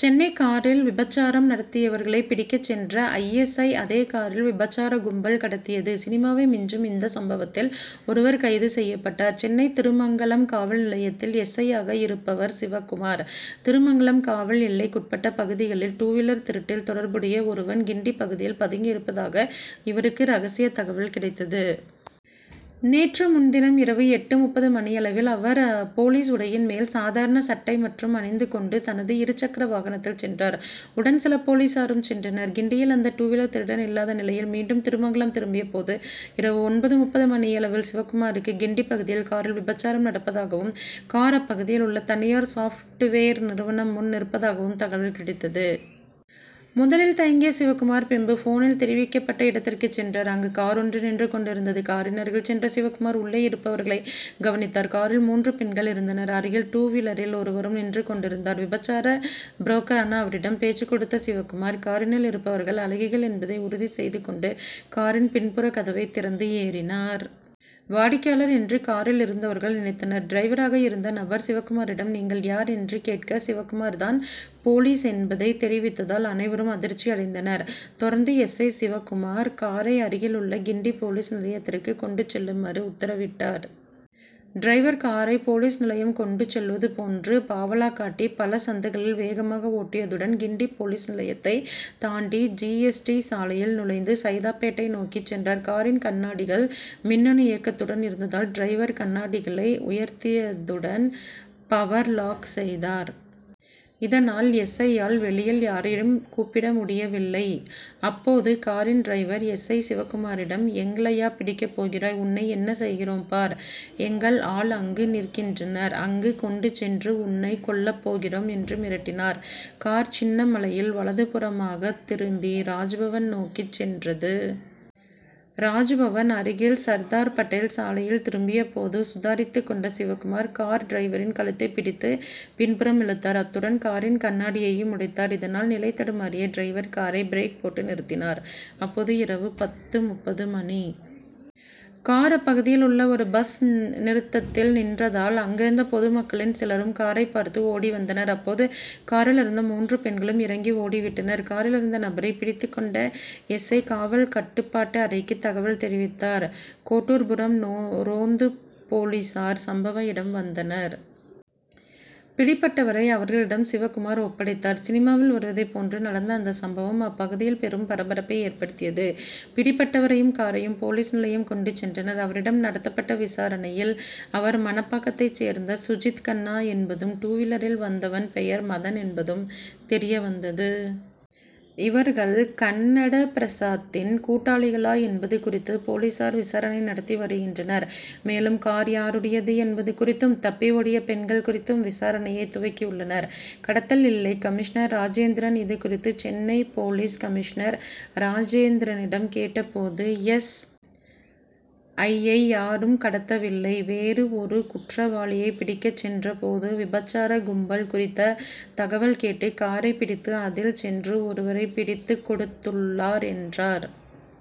சென்னை காரில் விபசாரம் நடத்தியவர்களை பிடிக்கச் சென்ற எஸ். ஐ.யை அதே காரில் விபசார கும்பல் கடத்தியது. சினிமாவை மிஞ்சும் இந்த சம்பவத்தில் ஒருவர் கைது செய்யப்பட்டார். சென்னை திருமங்கலம் காவல் நிலையத்தில் எஸ். ஐ.யாக இருப்பவர் சிவக்குமார். திருமங்கலம் காவல் எல்லைக்குட்பட்ட பகுதிகளில் டூவீலர் திருட்டில் தொடர்புடைய ஒருவன் கிண்டி பகுதியில் பதுங்கியிருப்பதாக இவருக்கு ரகசிய தகவல் கிடைத்தது. நேற்று முன்தினம் இரவு எட்டு முப்பது மணியளவில் அவர் போலீஸ் உடையின் மேல் சாதாரண சட்டை மட்டும் அணிந்து கொண்டு தனது இருசக்கர வாகனத்தில் சென்றார். உடன் சில போலீசாரும் சென்றனர். கிண்டியில் அந்த டூவீலர் திருடன் இல்லாத நிலையில் மீண்டும் திருமங்கலம் திரும்பிய போது இரவு ஒன்பது முப்பது மணியளவில் சிவக்குமாருக்கு கிண்டி பகுதியில் காரில் விபசாரம் நடப்பதாகவும் கார் அப்பகுதியில் உள்ள தனியார் சாப்ட்வேர் நிறுவனம் முன் நிற்பதாகவும் தகவல் கிடைத்தது. முதலில் தயங்கிய சிவக்குமார் பின்பு போனில் தெரிவிக்கப்பட்ட இடத்திற்கு சென்றார். அங்கு கார் ஒன்று நின்று கொண்டிருந்தது. காரின் அருகில் சென்ற சிவக்குமார் உள்ளே இருப்பவர்களை கவனித்தார். காரில் மூன்று பெண்கள் இருந்தனர். அருகில் டூவீலரில் ஒருவரும் நின்று கொண்டிருந்தார். விபசார புரோக்கரான அவரிடம் பேச்சுக் கொடுத்த சிவக்குமார் காரினுள் இருப்பவர்கள் அழகிகள் என்பதை உறுதி செய்து கொண்டு காரின் பின்புற கதவை திறந்து ஏறினார். வாடிக்கையாளர் என்று காரில் இருந்தவர்கள் நினைத்தனர். டிரைவராக இருந்த நபர் சிவக்குமாரிடம் நீங்கள் யார்? என்று கேட்க சிவக்குமார் தான் போலீஸ் என்பதை தெரிவித்ததால் அனைவரும் அதிர்ச்சி அடைந்தனர். தொடர்ந்து எஸ். ஐ. சிவக்குமார் காரை அருகில் உள்ள கிண்டி போலீஸ் நிலையத்திற்கு கொண்டு செல்லுமாறு உத்தரவிட்டார். டிரைவர் காரை போலீஸ் நிலையம் கொண்டு செல்வது போன்று பாவலா காட்டி பல சந்துகளில் வேகமாக ஓட்டியதுடன் கிண்டி போலீஸ் நிலையத்தை தாண்டி ஜி. எஸ். டி. சாலையில் நுழைந்து சைதாப்பேட்டை நோக்கிச் சென்றார். காரின் கண்ணாடிகள் மின்னணு இயக்கத்துடன் இருந்ததால் டிரைவர் கண்ணாடிகளை உயர்த்தியதுடன் பவர் லாக் செய்தார். இதனால் எஸ். ஐ.யால் வெளியில் யாரையும் கூப்பிட முடியவில்லை. அப்போது காரின் டிரைவர் எஸ். ஐ. சிவக்குமாரிடம் எங்களையா பிடிக்கப் போகிறாய். உன்னை என்ன செய்கிறோம் பார். எங்கள் ஆள் அங்கு நிற்கின்றனர். அங்கு கொண்டு சென்று உன்னை கொல்லப் போகிறோம் என்று மிரட்டினார். கார் சின்னமலையில் வலதுபுறமாக திரும்பி ராஜ்பவன் நோக்கிச் சென்றது. ராஜ் பவன் அருகில் சர்தார் படேல் சாலையில் திரும்பிய போது சுதாரித்துக் கொண்ட சிவக்குமார் கார் டிரைவரின் கழுத்தை பிடித்து பின்புறம் இழுத்தார். அத்துடன் காரின் கண்ணாடியையும் உடைத்தார். இதனால் நிலைதடுமாறிய டிரைவர் காரை பிரேக் போட்டு நிறுத்தினார். அப்போது இரவு பத்து முப்பது மணி. கார் அப்பகுதியில் உள்ள ஒரு பஸ் நிறுத்தத்தில் நின்றதால் அங்கிருந்த பொதுமக்களின் சிலரும் காரை பார்த்து ஓடிவந்தனர். அப்போது காரில் இருந்த மூன்று பெண்களும் இறங்கி ஓடிவிட்டனர். காரில் இருந்த நபரை பிடித்துக்கொண்ட எஸ். ஐ. காவல் கட்டுப்பாட்டு அறைக்கு தகவல் தெரிவித்தார். கோட்டூர்புரம் ரோந்து போலீசார் சம்பவ இடம் வந்தனர். பிடிபட்டவரை அவர்களிடம் சிவக்குமார் ஒப்படைத்தார். சினிமாவில் வருவதை போன்று நடந்த அந்த சம்பவம் அப்பகுதியில் பெரும் பரபரப்பை ஏற்படுத்தியது. பிடிபட்டவரையும் காரையும் போலீஸ் நிலையம் கொண்டு சென்றனர். அவரிடம் நடத்தப்பட்ட விசாரணையில் அவர் மணப்பாக்கத்தை சேர்ந்த சுஜித் கண்ணா என்பதும் டூவீலரில் வந்தவன் பெயர் மதன் என்பதும் தெரியவந்தது. இவர்கள் கன்னட பிரசாத்தின் கூட்டாளிகளா என்பது குறித்து போலீசார் விசாரணை நடத்தி வருகின்றனர். மேலும் கார் யாருடையது என்பது குறித்தும் தப்பி ஓடிய பெண்கள் குறித்தும் விசாரணையை துவக்கியுள்ளனர். கடத்தல் இல்லை கமிஷனர் ராஜேந்திரன் இதுகுறித்து சென்னை போலீஸ் கமிஷனர் ராஜேந்திரனிடம் கேட்ட போது எஸ். ஐ.யை யாரும் கடத்தவில்லை. வேறு ஒரு குற்றவாளியை பிடிக்கச் சென்ற போது விபசார கும்பல் குறித்த தகவல் கேட்டு காரை பிடித்து அதில் சென்று ஒருவரை பிடித்துக் கொடுத்துள்ளார் என்றார்.